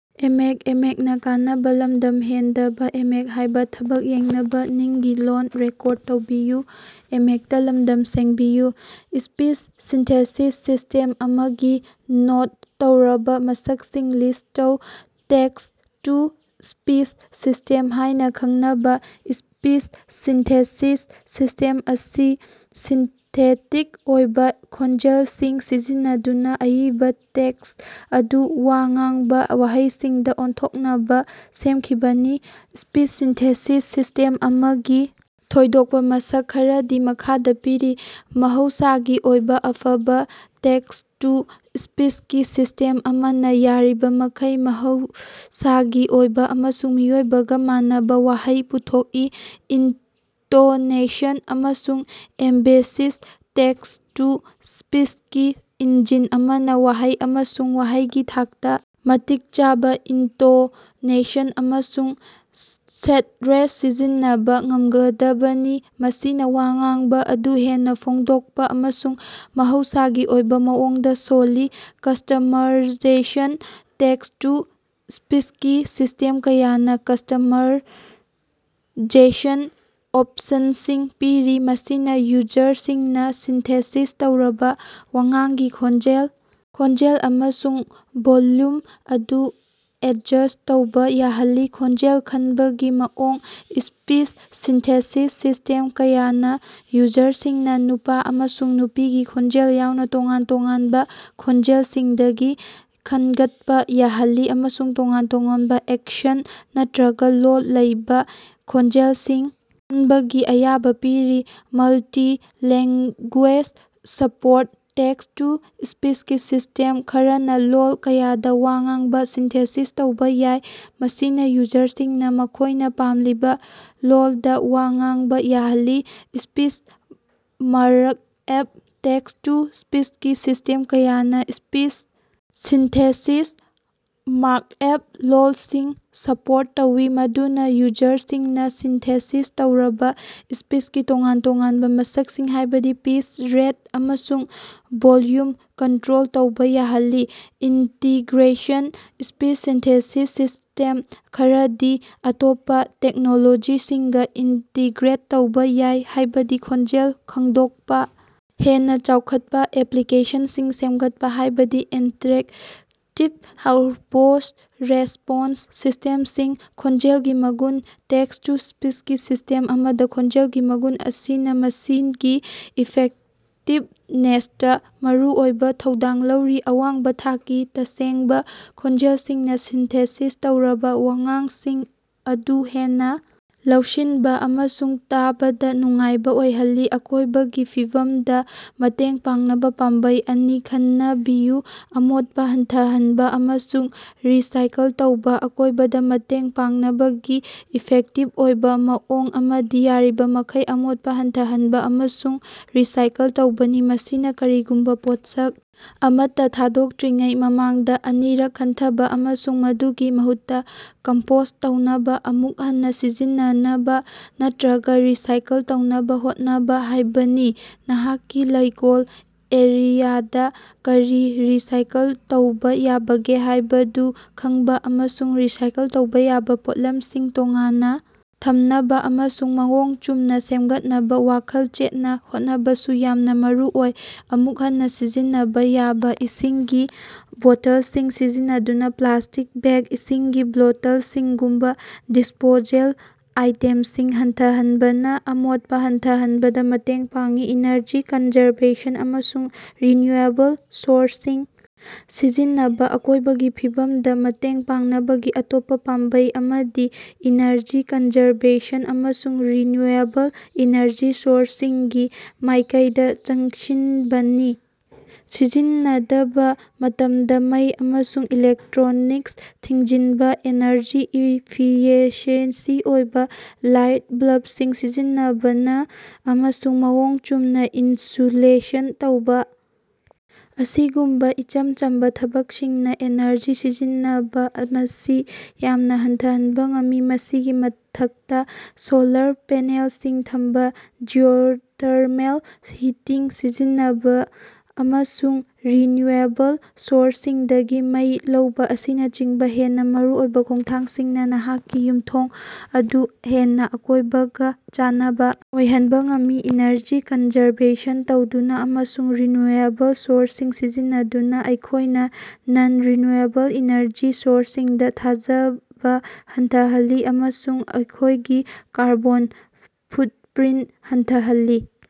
Speech synthesis system ꯑꯃꯒꯤ note ꯇꯧꯔꯕ ꯃꯁꯛꯁꯤꯡ ꯂꯤꯁ ꯇꯧ꯫ ꯇꯦꯛꯁ-ꯇꯨ-ꯁ꯭ꯄꯤꯆ ꯁꯤꯁꯇꯦꯝ ꯍꯥꯏꯅ ꯈꯪꯅꯕꯥ ꯁ꯭ꯄꯤꯆ ꯁꯤꯟꯊꯦꯁꯤꯁ ꯁꯤꯁꯇꯦꯝ ꯑꯁꯤ ꯁꯤꯟꯊꯦꯇꯤꯛ ꯑꯣꯏꯕ ꯈꯣꯟꯖꯦꯜꯁꯤꯡ ꯁꯤꯖꯤꯟꯅꯗꯨꯅ ꯑꯏꯕ ꯇꯦꯛꯁ ꯑꯗꯨ ꯋꯥ ꯉꯥꯡꯕ ꯋꯥꯍꯩꯁꯤꯡꯗ ꯑꯣꯟꯊꯣꯛꯅꯕ ꯁꯦꯝꯈꯤꯕꯅꯤ꯫ ꯁ꯭ꯄꯤꯆ ꯁꯤꯟꯊꯦꯁꯤꯁ ꯁꯤꯁꯇꯦꯝ ꯑꯃꯒꯤ ꯊꯣꯏꯗꯣꯛꯄ ꯃꯁꯛ ꯈꯔꯗꯤ ꯃꯈꯥꯗ ꯄꯤꯔꯤ: ꯃꯍꯧꯁꯥꯒꯤ ꯑꯣꯏꯕ: ꯑꯐꯕ ꯇꯦꯛꯁ ꯇꯨ ꯁ꯭ꯄꯤꯁꯀꯤ ꯁꯤꯁ꯭ꯇꯦꯝ ꯑꯃꯅ ꯌꯥꯔꯤꯕꯃꯈꯩ ꯃꯍꯧꯁꯥꯒꯤ ꯑꯣꯏꯕ ꯑꯃꯁꯨꯡ ꯃꯤꯑꯣꯏꯕꯒꯥ ꯃꯥꯟꯅꯕ ꯋꯥꯍꯩ ꯄꯨꯊꯣꯛꯏ꯫ ꯏꯟꯇꯣꯅꯦꯁꯟ ꯑꯃꯁꯨꯡ ꯑꯦꯝꯕꯦꯁꯤꯁ: ꯇꯦꯛꯁ ꯇꯨ ꯁ꯭ꯄꯤꯆꯀꯤ ꯏꯟꯖꯤꯟ ꯑꯃꯅ ꯋꯥꯍꯩ ꯑꯃꯁꯨꯡ ꯋꯥꯍꯩꯒꯤ ꯊꯥꯛꯇꯥ ꯃꯇꯤꯛ ꯆꯥꯕ ꯏꯟꯇꯣꯅꯦꯁꯟ ꯑꯃꯁꯨꯡ ꯁ꯭ꯠꯔꯦꯁ ꯁꯤꯖꯤꯟꯅꯕ ꯉꯝꯒꯗꯕꯅꯤ, ꯃꯁꯤꯅ ꯋꯥ ꯉꯥꯡꯕ ꯑꯗꯨ ꯍꯦꯟꯅ ꯐꯣꯡꯗꯣꯛꯄ ꯑꯃꯁꯨꯡ ꯃꯍꯧꯁꯥꯒꯤ ꯑꯣꯏꯕ ꯃꯑꯣꯡꯗ ꯁꯣꯜꯂꯤ꯫ ꯀꯁꯇꯃꯔꯥꯏꯖꯦꯁꯟ: ꯇꯦꯛꯁ ꯇꯨ ꯁ꯭ꯄꯤꯆꯀꯤ ꯁꯤꯁꯇꯦꯝ ꯀꯌꯥꯅ ꯀꯁꯇꯃꯔꯥꯏꯖꯦꯁꯟ ꯑꯣꯞꯁꯟꯁꯤꯡ ꯄꯤꯔꯤ, ꯃꯁꯤꯅ ꯌꯨꯖꯔꯁꯤꯡꯅꯥ ꯁꯤꯟꯊꯦꯁꯤꯁ ꯇꯧꯔꯕ ꯋꯥꯉꯥꯡꯒꯤ ꯈꯣꯟꯖꯦꯜ, ꯈꯣꯡꯖꯦꯜ ꯑꯃꯁꯨꯡ ꯚꯣꯜꯌꯨꯝ ꯑꯗꯨ ꯑꯦꯠꯖꯁ ꯇꯧꯕ ꯌꯥꯍꯜꯂꯤ꯫ ꯈꯣꯟꯖꯦꯜ ꯈꯟꯕꯒꯤ ꯃꯑꯣꯡ: ꯁ꯭ꯄꯤꯆ ꯁꯤꯟꯊꯦꯁꯤꯁ ꯁꯤꯁꯇꯦꯝ ꯀꯌꯥꯅ ꯌꯨꯖꯔꯁꯤꯡꯅꯥ ꯅꯨꯄꯥ ꯑꯃꯁꯨꯡ ꯅꯨꯄꯤꯒꯤ ꯈꯣꯟꯖꯦꯜ ꯌꯥꯎꯅ ꯇꯣꯉꯥꯟ ꯇꯣꯉꯥꯟꯕ ꯈꯣꯟꯖꯦꯜꯁꯤꯡꯗꯒꯤ ꯈꯟꯒꯠꯄꯥ ꯌꯥꯍꯜꯂꯤ, ꯑꯃꯁꯨꯡ ꯇꯣꯉꯥꯟ ꯇꯣꯉꯥꯟꯕ ꯑꯦꯛꯁꯦꯟ ꯅꯠꯇ꯭ꯔꯒ ꯂꯣꯜ ꯂꯩꯕ ꯈꯣꯟꯖꯦꯜꯁꯤꯡ ꯈꯟꯕꯒꯤ ꯑꯌꯥꯕ ꯄꯤꯔꯤ꯫ ꯃꯜꯇꯤ-ꯂꯦꯡꯒꯨꯌꯦꯖ ꯁꯄꯣꯔꯠ: ꯇꯦꯛꯁ ꯇꯨ ꯁ꯭ꯄꯤꯆꯀꯤ ꯁꯤꯁꯇꯦꯝ ꯈꯔꯅꯥ ꯂꯣꯜ ꯀꯌꯥꯗ ꯋꯥ ꯉꯥꯡꯕ ꯁꯤꯟꯊꯦꯁꯤꯁ ꯇꯧꯕ ꯌꯥꯏ, ꯃꯁꯤꯅ ꯌꯨꯖꯔꯁꯤꯡꯅꯥ ꯃꯈꯣꯏꯅ ꯄꯥꯝꯂꯤꯕ ꯂꯣꯜꯗꯥ ꯋꯥ ꯉꯥꯡꯕ ꯌꯥꯍꯜꯂꯤ꯫ ꯁ꯭ꯄꯤꯆ ꯃꯥꯔꯛꯑꯞ: ꯇꯦꯛꯁ ꯇꯨ ꯁ꯭ꯄꯤꯆꯀꯤ ꯁꯤꯁꯇꯦꯝ ꯀꯌꯥꯅ ꯁ꯭ꯄꯤꯆ ꯁꯤꯟꯊꯦꯁꯤꯁ ꯃꯥꯔꯛꯑꯞ ꯂꯣꯜꯁꯤꯡ ꯁꯄꯣꯔꯠ ꯇꯧꯏ, ꯃꯗꯨꯅ ꯌꯨꯖꯔꯁꯤꯡꯅꯥ ꯁꯤꯟꯊꯦꯁꯤꯁ ꯇꯧꯔꯕ ꯁ꯭ꯄꯤꯆꯀꯤ ꯇꯣꯉꯥꯟ-ꯇꯣꯉꯥꯟꯕ ꯃꯁꯛꯁꯤꯡ, ꯍꯥꯏꯕꯗꯤ ꯄꯤꯁ, ꯔꯦꯠ, ꯑꯃꯁꯨꯡ ꯚꯣꯜꯌꯨꯝ ꯀꯟꯇ꯭ꯔꯣꯜ ꯇꯧꯕ ꯌꯥꯍꯜꯂꯤ꯫ ꯏꯟꯇꯤꯒ꯭ꯔꯦꯁꯟ: ꯁ꯭ꯄꯤꯆ ꯁꯤꯟꯊꯦꯁꯤꯁ ꯁꯤꯁꯇꯦꯝ ꯈꯔꯗꯤ ꯑꯇꯣꯞꯄ ꯇꯦꯛꯅꯣꯂꯣꯖꯤꯁꯤꯡꯒꯥ ꯏꯟꯇꯤꯒ꯭ꯔꯦꯠ ꯇꯧꯕ ꯌꯥꯏ, ꯍꯥꯏꯕꯗꯤ ꯈꯣꯟꯖꯦꯜ ꯈꯪꯗꯣꯛꯄꯥ, ꯍꯦꯟꯅ ꯆꯥꯎꯈꯠꯄ ꯑꯦꯄ꯭ꯂꯤꯀꯦꯁꯟꯁꯤꯡ ꯁꯦꯝꯒꯠꯄꯥ, ꯍꯥꯏꯕꯗꯤ ꯏꯟꯇꯔꯦꯛꯇꯤꯚ ꯚꯣꯏꯁ ꯔꯦꯁꯄꯣꯟꯁ ꯁꯤꯁꯇꯦꯝꯁꯤꯡ꯫ ꯈꯣꯟꯖꯦꯜꯒꯤ ꯃꯒꯨꯟ: ꯇꯦꯛꯁ ꯇꯨ ꯁ꯭ꯄꯤꯆꯀꯤ ꯁꯤꯁꯇꯦꯝ ꯑꯃꯗ ꯈꯣꯟꯖꯦꯜꯒꯤ ꯃꯒꯨꯟ ꯑꯁꯤꯅ ꯃꯁꯤꯒꯤ ꯏꯐꯦꯛꯇꯤꯚꯅꯦꯁꯇꯥ ꯃꯔꯨꯑꯣꯏꯕ ꯊꯧꯗꯥꯡ ꯂꯧꯔꯤ꯫ ꯑꯋꯥꯡꯕ ꯊꯥꯛꯀꯤ, ꯇꯁꯦꯡꯕꯥ ꯈꯣꯟꯖꯦꯜꯁꯤꯡꯅꯥ ꯁꯤꯟꯊꯦꯁꯤꯁ ꯇꯧꯔꯕ ꯋꯥꯉꯥꯡꯁꯤꯡ ꯑꯗꯨ ꯍꯦꯟꯅ ꯂꯧꯁꯤꯟꯕ ꯑꯃꯁꯨꯡ ꯇꯥꯕꯗ ꯅꯨꯡꯉꯥꯏꯕ ꯑꯣꯏꯍꯜꯂꯤ꯫ ꯑꯀꯣꯏꯕꯒꯤ ꯐꯤꯚꯝꯗꯥ ꯃꯇꯦꯡ ꯄꯥꯡꯅꯕ ꯄꯥꯝꯕꯩ ꯑꯅꯤ ꯈꯟꯅꯕꯤꯌꯨ꯫ ꯑꯃꯣꯠꯄ ꯍꯟꯊꯍꯟꯕꯥ ꯑꯃꯁꯨꯡ ꯔꯤꯁꯥꯏꯀꯜ ꯇꯧꯕꯥ: ꯑꯀꯣꯏꯕꯗ ꯃꯇꯦꯡ ꯄꯥꯡꯅꯕꯒꯤ ꯏꯐꯦꯛꯇꯤꯚ ꯑꯣꯏꯕ ꯃꯑꯣꯡ ꯑꯃꯗꯤ ꯌꯥꯔꯤꯕꯃꯈꯩ ꯑꯃꯣꯠꯄ ꯍꯟꯊꯍꯟꯕ ꯑꯃꯁꯨꯡ ꯔꯤꯁꯥꯏꯀꯜ ꯇꯧꯕꯅꯤ꯫ ꯃꯁꯤꯅ ꯀꯔꯤꯒꯨꯝꯕ ꯄꯣꯠꯁꯛ ꯑꯃꯠꯇ ꯊꯥꯗꯣꯛꯇ꯭ꯔꯤꯉꯩ ꯃꯃꯥꯡꯗ ꯑꯅꯤꯔꯛ ꯈꯟꯊꯕꯥ ꯑꯃꯁꯨꯡ ꯃꯗꯨꯒꯤ ꯃꯍꯨꯠꯇꯥ ꯀꯝꯄꯣꯁ ꯇꯧꯅꯕ, ꯑꯃꯨꯛ ꯍꯟꯅꯥ ꯁꯤꯖꯤꯟꯅꯅꯕ ꯅꯠꯇ꯭ꯔꯒ ꯔꯤꯁꯥꯏꯀꯜ ꯇꯧꯅꯕ ꯍꯣꯠꯅꯕ ꯍꯥꯏꯕꯅꯤ꯫ ꯅꯍꯥꯛꯀꯤ ꯂꯣꯀꯦꯜ ꯑꯦꯔꯤꯌꯥꯗ ꯀꯔꯤ ꯔꯤꯁꯥꯏꯀꯜ ꯇꯧꯕ ꯌꯥꯕꯒꯦ ꯍꯥꯏꯕꯗꯨ ꯈꯪꯕ ꯑꯃꯁꯨꯡ ꯔꯤꯁꯥꯏꯀꯜ ꯇꯧꯕ ꯌꯥꯕ ꯄꯣꯠꯂꯝꯁꯤꯡ ꯇꯣꯉꯥꯟꯅ ꯊꯝꯅꯕ ꯑꯃꯁꯨꯡ ꯃꯑꯣꯡ ꯆꯨꯝꯅꯥ ꯁꯦꯝꯒꯠꯅꯕ ꯋꯥꯈꯜ ꯆꯦꯠꯅ ꯍꯣꯠꯅꯕꯁꯨ ꯌꯥꯝꯅ ꯃꯔꯨꯑꯣꯏ꯫ ꯑꯃꯨꯛ ꯍꯟꯅꯥ ꯁꯤꯖꯤꯟꯅꯕ ꯌꯥꯕ ꯏꯁꯤꯡꯒꯤ ꯕꯣꯇꯜꯁꯤꯡ ꯁꯤꯖꯤꯟꯅꯗꯨꯅ ꯄ꯭ꯂꯥꯁꯇꯤꯛ ꯕꯦꯛ, ꯏꯁꯤꯡꯒꯤ ꯕꯣꯇꯜꯁꯤꯡꯒꯨꯝꯕ ꯗꯤꯁꯄꯣꯖꯦꯕꯜ ꯑꯥꯏꯇꯦꯝꯁꯤꯡ ꯍꯟꯊꯍꯟꯕꯅꯥ ꯑꯃꯣꯠꯄ ꯍꯟꯊꯍꯟꯕꯗꯥ ꯃꯇꯦꯡ ꯄꯥꯡꯏ꯫ ꯏꯅꯔꯖꯤ ꯀꯟꯖꯔꯕꯦꯁꯟ ꯑꯃꯁꯨꯡ ꯔꯤꯅ꯭ꯌꯨꯑꯦꯕꯜ ꯁꯣꯔꯁꯁꯤꯡ ꯁꯤꯖꯤꯟꯅꯕ: ꯑꯀꯣꯏꯕꯒꯤ ꯐꯤꯚꯝꯗ ꯃꯇꯦꯡ ꯄꯥꯡꯅꯕꯒꯤ ꯑꯇꯣꯞꯄ ꯄꯥꯝꯕꯩ ꯑꯃꯗꯤ ꯏꯅꯔꯖꯤ ꯀꯟꯖꯔꯕꯦꯁꯟ ꯑꯃꯁꯨꯡ ꯔꯤꯅ꯭ꯌꯨꯑꯦꯕꯜ ꯏꯅꯔꯖꯤ ꯁꯣꯔꯁꯁꯤꯡꯒꯤ ꯃꯥꯏꯀꯩꯗ ꯆꯪꯁꯤꯟꯕꯅꯤ꯫ ꯁꯤꯖꯤꯟꯅꯗꯕ ꯃꯇꯝꯗ ꯃꯩ ꯑꯃꯁꯨꯡ ꯏꯂꯦꯛꯇ꯭ꯔꯣꯅꯤꯛꯁ ꯊꯤꯡꯖꯤꯟꯕ, ꯑꯦꯅꯔꯖꯤ ꯏꯐꯤꯁꯤꯑꯦꯟ ꯑꯣꯏꯕ ꯂꯥꯏꯠ ꯕꯜꯕꯁꯤꯡ ꯁꯤꯖꯤꯟꯅꯕ, ꯑꯃꯁꯨꯡ ꯃꯑꯣꯡ ꯆꯨꯝꯅ ꯏꯟꯁꯨꯂꯦꯁꯟ ꯊꯝꯕ ꯑꯁꯤꯒꯨꯝꯕ ꯏꯆꯝ ꯆꯝꯕ ꯊꯕꯛꯁꯤꯡꯅꯥ ꯑꯦꯅꯔꯖꯤ ꯁꯤꯖꯤꯟꯅꯕ ꯑꯁꯤ ꯌꯥꯝꯅ ꯍꯟꯊꯍꯟꯕ ꯉꯝꯃꯤ꯫ ꯃꯁꯤꯒꯤ ꯃꯊꯛꯇꯥ, ꯁꯣꯂꯥꯔ ꯄꯦꯅꯦꯜꯁꯤꯡ ꯊꯝꯕ, ꯖꯤꯑꯣꯊꯔꯃꯦꯜ ꯍꯤꯇꯤꯡ ꯁꯤꯖꯤꯟꯅꯕ, ꯑꯃꯁꯨꯡ ꯔꯤꯅ꯭ꯌꯨꯑꯦꯕꯜ ꯁꯣꯔꯁꯁꯤꯡꯗꯒꯤ ꯃꯩ ꯂꯧꯕ ꯑꯁꯤꯅꯆꯤꯡꯕ ꯍꯦꯟꯅ ꯃꯔꯨꯑꯣꯏꯕ ꯈꯣꯡꯊꯥꯡꯁꯤꯡꯅ ꯅꯍꯥꯛꯀꯤ ꯌꯨꯝꯊꯣꯡ ꯑꯗꯨ ꯍꯦꯟꯅꯥ ꯑꯀꯣꯏꯕꯒꯥ ꯆꯥꯟꯅꯕ ꯑꯣꯏꯍꯟꯕ ꯉꯝꯒꯅꯤ꯫ ꯏꯅꯔꯖꯤ ꯀꯟꯖꯔꯕꯦꯁꯟ ꯇꯧꯗꯨꯅ ꯑꯃꯁꯨꯡ ꯔꯤꯅ꯭ꯌꯨꯑꯦꯕꯜ ꯁꯣꯔꯁꯁꯤꯡ ꯁꯤꯖꯤꯟꯅꯗꯨꯅ ꯑꯩꯈꯣꯏꯅ ꯅꯟ-ꯔꯤꯅ꯭ꯌꯨꯑꯦꯕꯜ ꯏꯅꯔꯖꯤ ꯁꯣꯔꯁꯁꯤꯡꯗꯥ ꯊꯥꯖꯕ ꯍꯟꯊꯍꯜꯂꯤ ꯑꯃꯁꯨꯡ ꯑꯩꯈꯣꯏꯒꯤ ꯀꯥꯔꯕꯣꯟ ꯐꯨꯠꯄ꯭ꯔꯤꯟ ꯍꯟꯊꯍꯜꯂꯤ꯫